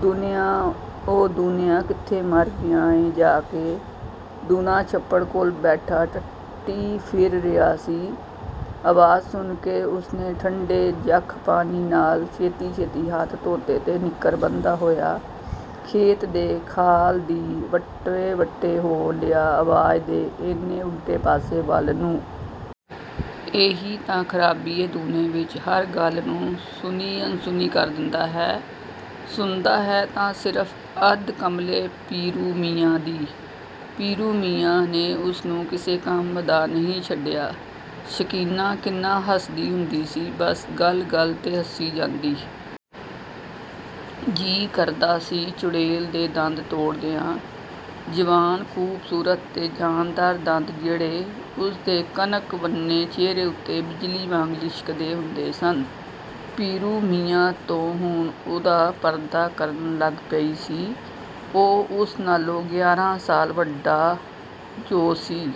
"ਦੂਣਿਆਂ, ਓ ਦੂਣਿਆਂ ਕਿੱਥੇ ਮਰ ਗਿਆ ਏਂ ਜਾ ਕੇ?" ਦੂਣਾ ਛੱਪੜ ਕੋਲ ਬੈਠਾ ਟੱਟੀ ਫਿਰ ਰਿਹਾ ਸੀ। ਆਵਾਜ਼ ਸੁਣ ਕੇ ਉਸਨੇ ਠੰਡੇ-ਯੱਖ ਪਾਣੀ ਨਾਲ ਛੇਤੀ-ਛੇਤੀ ਹੱਥ ਧੋਤੇ ਤੇ ਨਿੱਕਰ ਬੰਨ੍ਹਦਾ ਹੋਇਆ ਖੇਤ ਦੇ ਖਾਲ ਦੀ ਵੱਟੇ-ਵੱਟੇ ਹੋ ਲਿਆ ਆਵਾਜ਼ ਦੇ ਐਨ ਉਲਟੇ ਪਾਸੇ ਵੱਲ ਨੂੰ। ਇਹੀ ਤਾਂ ਖਰਾਬੀ ਹੈ ਦੂਣੇ ਵਿੱਚ, ਹਰ ਗੱਲ ਨੂੰ ਸੁਣੀ-ਅਣਸੁਣੀ ਕਰ ਦਿੰਦਾ ਹੈ। ਸੁਣਦਾ ਹੈ ਤਾਂ ਸਿਰਫ ਅੱਧ ਕਮਲੇ ਪੀਰੂ ਮੀਆਂ ਦੀ, ਪੀਰੂ ਮੀਆਂ ਨੇ ਉਸਨੂੰ ਕਿਸੇ ਕੰਮ ਦਾ ਨਹੀਂ ਛੱਡਿਆ। ਸਕੀਨਾ ਕਿੰਨਾ ਹੱਸਦੀ ਹੁੰਦੀ ਸੀ, ਬੱਸ ਗੱਲ-ਗੱਲ 'ਤੇ ਹੱਸੀ ਜਾਂਦੀ। ਜੀਅ ਕਰਦਾ ਸੀ, ਚੁੜੈਲ ਦੇ ਦੰਦ ਤੋੜ ਦਿਆਂ। ਜਵਾਨ, ਖੂਬਸੂਰਤ 'ਤੇ ਜਾਨਦਾਰ ਦੰਦ ਜਿਹੜੇ ਉਸਦੇ ਕਣਕ-ਵੰਨੇ ਚਿਹਰੇ ਉੱਤੇ ਬਿਜਲੀ ਵਾਂਗ ਲਿਸ਼ਕਦੇ ਹੁੰਦੇ ਸਨ। ਪੀਰੂ ਮੀਆਂ ਤੋਂ ਹੁਣ ਉਹ ਪਰਦਾ ਕਰਨ ਲੱਗ ਪਈ ਸੀ। ਉਹ ਉਸ ਨਾਲੋਂ ਗਿਆਰਾਂ ਸਾਲ ਵੱਡਾ ਜੋ ਸੀ।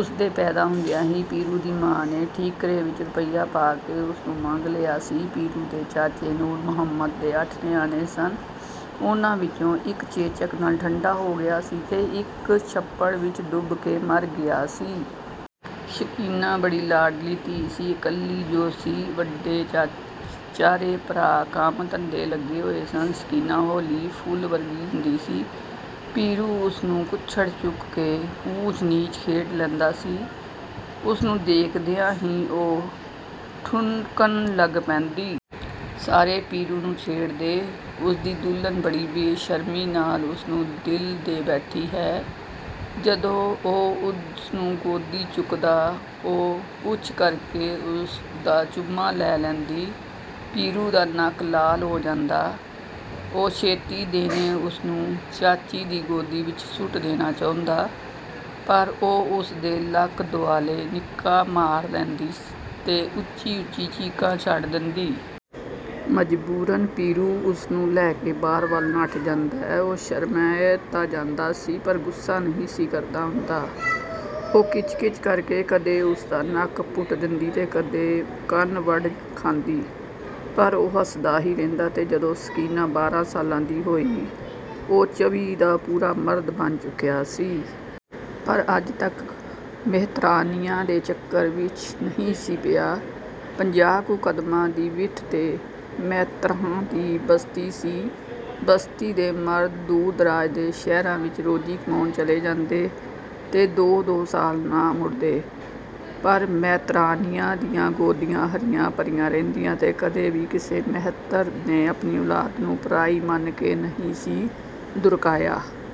ਉਸਦੇ ਪੈਦਾ ਹੁੰਦਿਆਂ ਹੀ ਪੀਰੂ ਦੀ ਮਾਂ ਨੇ ਠੀਕਰੇ ਵਿੱਚ ਰੁਪਈਆ ਪਾ ਕੇ ਉਸਨੂੰ ਮੰਗ ਲਿਆ ਸੀ। ਪੀਰੂ ਦੇ ਚਾਚੇ ਨੂਰ ਮੁਹੰਮਦ ਦੇ ਅੱਠ ਨਿਆਣੇ ਸਨ। ਉਹਨਾਂ ਵਿੱਚੋਂ ਇੱਕ ਚੇਚਕ ਨਾਲ ਠੰਡਾ ਹੋ ਗਿਆ ਸੀ ਤੇ ਇੱਕ ਛੱਪੜ ਵਿੱਚ ਡੁੱਬ ਕੇ ਮਰ ਗਿਆ ਸੀ। ਸਕੀਨਾ ਬੜੀ ਲਾਡਲੀ ਧੀ ਸੀ, ਇਕੱਲੀ ਜੋ ਸੀ। ਵੱਡੇ ਚਾਰੇ ਭਰਾ ਕੰਮ-ਧੰਦੇ ਲੱਗੇ ਹੋਏ ਸਨ। ਸਕੀਨਾ ਹੌਲੀ ਫੁੱਲ ਵਰਗੀ ਹੁੰਦੀ ਸੀ। ਪੀਰੂ ਉਸਨੂੰ ਕੁੱਛੜ ਚੁੱਕ ਕੇ ਊਚ-ਨੀਚ ਖੇਡ ਲੈਂਦਾ ਸੀ। ਉਸਨੂੰ ਦੇਖਦਿਆਂ ਹੀ ਉਹ ਠੁਣਕਣ ਲੱਗ ਪੈਂਦੀ। ਸਾਰੇ ਪੀਰੂ ਨੂੰ ਛੇੜਦੇ "ਉਸਦੀ ਦੁਲਹਨ ਬੜੀ ਬੇਸ਼ਰਮੀ ਨਾਲ ਉਸਨੂੰ ਦਿਲ ਦੇ ਬੈਠੀ ਹੈ।" ਜਦੋਂ ਉਹ ਉਸਨੂੰ ਗੋਦੀ ਚੁੱਕਦਾ ਉਹ 'ਪੁੱਚ' ਕਰਕੇ ਉਸਦਾ ਚੁੰਮਾ ਲੈ ਲੈਂਦੀ। ਪੀਰੂ ਦਾ ਨੱਕ ਲਾਲ ਹੋ ਜਾਂਦਾ, ਉਹ ਛੇਤੀ ਦੇਣੇ ਉਸਨੂੰ ਚਾਚੀ ਦੀ ਗੋਦੀ ਵਿੱਚ ਸੁੱਟ ਦੇਣਾ ਚਾਹੁੰਦਾ, ਪਰ ਉਹ ਉਸਦੇ ਲੱਕ ਦੁਆਲੇ ਨਿੱਕਾ ਮਾਰ ਲੈਂਦੀ ਤੇ ਉੱਚੀ-ਉੱਚੀ ਚੀਕਾਂ ਛੱਡ ਦਿੰਦੀ। ਮਜਬੂਰਨ ਪੀਰੂ ਉਸਨੂੰ ਲੈ ਕੇ ਬਾਹਰ ਵੱਲ ਨੱਠ ਜਾਂਦਾ। ਉਹ ਸ਼ਰਮਾਅ ਤਾਂ ਜਾਂਦਾ ਸੀ ਪਰ ਗੁੱਸਾ ਨਹੀਂ ਸੀ ਕਰਦਾ ਹੁੰਦਾ। ਉਹ ਕਿਚ-ਕਿਚ ਕਰਕੇ, ਕਦੇ, ਉਸਦਾ ਨੱਕ ਪੁੱਟ ਦਿੰਦੀ ਤੇ ਕਦੇ ਕੰਨ ਵੱਢ ਖਾਂਦੀ, ਪਰ ਉਹ ਹੱਸਦਾ ਹੀ ਰਹਿੰਦਾ ਤੇ ਜਦੋਂ ਸਕੀਨਾ ਬਾਰਾਂ ਸਾਲ ਦੀ ਹੋਈ, ਉਹ ਚੌਵੀ ਦਾ ਪੂਰਾ ਮਰਦ ਬਣ ਚੁੱਕਿਆ ਸੀ। ਪਰ ਅੱਜ ਤੱਕ ਮੇਹਤਰਾਨੀਆਂ ਦੇ ਚੱਕਰ ਵਿੱਚ ਨਹੀਂ ਸੀ ਪਿਆ। ਪੰਜਾਹ ਕੁ ਕਦਮਾਂ ਦੀ ਵਿੱਥ 'ਤੇ ਮੇਹਤਰਾਂ ਦੀ ਬਸਤੀ ਸੀ। ਬਸਤੀ ਦੇ ਮਰਦ ਦੂਰ-ਦਰਾਜ਼ ਦੇ ਸ਼ਹਿਰਾਂ ਵਿੱਚ ਰੋਜ਼ੀ ਕਮਾਉਣ ਚਲੇ ਜਾਂਦੇ ਤੇ ਦੋ-ਦੋ ਸਾਲ ਨਾ ਮੁੜਦੇ, ਪਰ ਮੇਹਤਰਾਨੀਆਂ ਦੀਆਂ ਗੋਦੀਆਂ ਹਰੀਆਂ-ਭਰੀਆਂ ਰਹਿੰਦੀਆਂ ਤੇ ਕਦੇ ਵੀ ਕਿਸੇ ਮੇਹਤਰ ਨੇ ਆਪਣੀ ਔਲਾਦ ਨੂੰ ਪਰਾਈ ਮੰਨ ਕੇ ਨਹੀਂ ਸੀ ਦੁਰਕਾਰਿਆ।